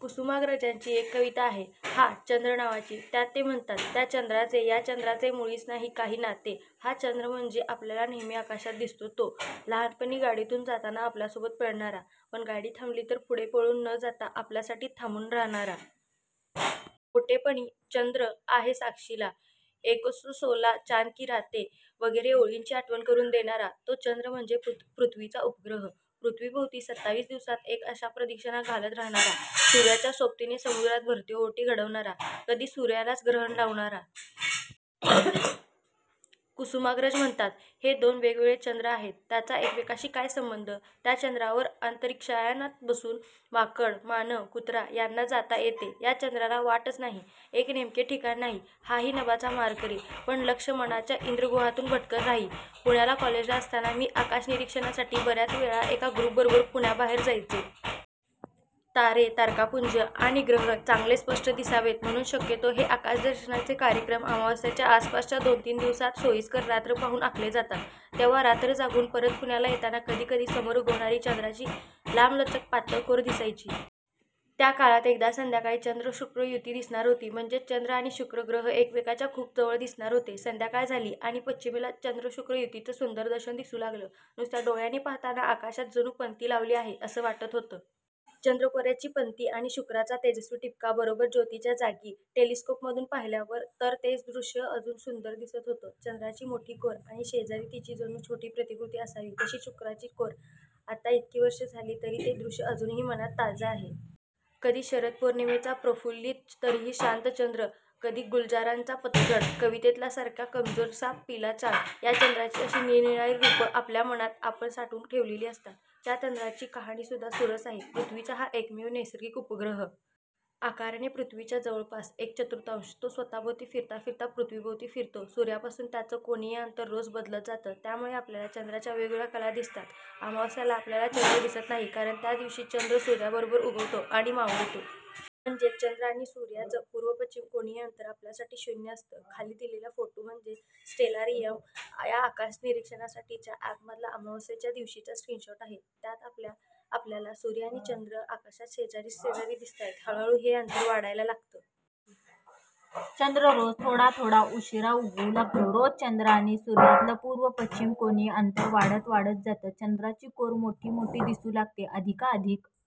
कुसुमाग्रजांची एक कविता आहे, 'हा चंद्र' नावाची. त्यात ते म्हणतात, "त्या चंद्राचे या चंद्राचे मुळीच नाही काही नाते" 'हा चंद्र' म्हणजे आपल्याला नेहमी आकाशात दिसतो, तो. लहानपणी गाडीतून जाताना आपल्यासोबत पळणारा, पण गाडी थांबली तर पुढे पळून न जाता आपल्यासाठी थांबून राहणारा. मोठेपणी 'चंद्र आहे साक्षीला', ' एकसो सोला चॉंद की रातें' वगैरे ओळींची आठवण करून देणारा. 'तो चंद्र' म्हणजे पृथ्वीचा उपग्रह. पृथ्वीभोवती सत्तावीस दिवसांत एक, अशा प्रदक्षिणा घालत राहणारा, सूर्याच्या सोबतीने समुद्रात भरती-ओहोटी घडवणारा, कधी सूर्यालाच ग्रहण लावणारा. कुसुमाग्रज म्हणतात, हे दोन वेगवेगळे चंद्र आहेत. त्यांचा एकमेकांशी काय संबंध? "त्या चंद्रावर अंतरिक्षयानात बसूनी माकड, मानव, कुत्रा यांना जाता येते या चंद्राला वाटच नाही, एक नेमके ठिकाण नाही हाही नभाचा मानकरी, पण लक्ष मनांच्या इंद्रगुहांतून भटकत राही" पुण्याला कॉलेजला असताना मी आकाशनिरीक्षणासाठी बर्याच वेळा एका ग्रुपबरोबर पुण्याबाहेर जायचे. तारे, तारकापुंज आणि ग्रह चांगले स्पष्ट दिसावेत म्हणून शक्यतो हे आकाशदर्शनाचे कार्यक्रम अमावास्येच्या आसपासच्या दोनतीन दिवसात सोयीस्कर रात्र पाहून आखले जातात. तेव्हा रात्र जागवून परत पुण्याला येताना कधीकधी समोर उगवणारी चंद्राची लांबलचक पातळ कोर दिसायची. त्या काळात एकदा संध्याकाळी चंद्र-शुक्र युती दिसणार होती, म्हणजेच चंद्र आणि शुक्र ग्रह एकमेकांच्या खूप जवळ दिसणार होते. संध्याकाळ झाली आणि पश्चिमेला चंद्र-शुक्र युतीचं सुंदर दृश्य दिसू लागलं. नुसत्या डोळ्यांनी पाहताना आकाशात जणू पणती लावली आहे असं वाटत होतं. चंद्रकोरीची पणती आणि शुक्राचा तेजस्वी ठिपका बरोबर ज्योतीच्या जागी. टेलिस्कोपमधून पाहिल्यावर तर तेच दृश्य अजून सुंदर दिसत होतं. चंद्राची मोठी कोर आणि शेजारी तिची जणू छोटी प्रतिकृती असावी तशी शुक्राची कोर! आता इतकी वर्षं झाली, तरी ते दृश्य अजूनही मनात ताजं आहे. कधी शरद पौर्णिमेचा प्रफुल्लित, तरीही शांत चंद्र, कधी गुलजारांच्या 'पतझड' कवितेतल्यासारखा 'कमजोर सा पीला चांद', 'या' चंद्राची अशी निरनिराळी रूपं आपल्या मनात आपण साठवून ठेवलेली असतात. 'त्या' चंद्राची कहाणीही सुरस आहे. पृथ्वीचा हा एकमेव नैसर्गिक उपग्रह. आकाराने पृथ्वीच्या जवळपास एक चतुर्थांश. तो स्वतःभोवती फिरता फिरता पृथ्वीभोवती फिरतो. सूर्यापासून त्याचं कोनीय अंतर रोज बदलत जातं, त्यामुळे आपल्याला चंद्राच्या वेगवेगळ्या 'कला' दिसतात. अमावास्येला आपल्याला चंद्र दिसत नाही, कारण त्या दिवशी चंद्र सूर्याबरोबरच उगवतो आणि मावळतो. म्हणजेच, चंद्र आणि सूर्याचं पूर्व-पश्चिम कोनीय अंतर आपल्यासाठी शून्य असतं. खाली दिलेला फोटो म्हणजे स्टेलारियम या आकाशनिरीक्षणासाठीच्या अॅपमधला अमावास्येच्या दिवशीचा स्क्रीनशॉट आहे. त्यात आपल्याला सूर्य आणि चंद्र आकाशात शेजारी शेजारी दिसतायत. हळूहळू हे अंतर वाढायला लागतं. चंद्र रोज थोडा थोडा उशिरा उगवू लागतो.. रोज चंद्र आणि सूर्यातलं पूर्व-पश्चिम कोनीय अंतर वाढत वाढत जातं, चंद्राची कोर मोठी-मोठी दिसू लागते, अधिकाधिक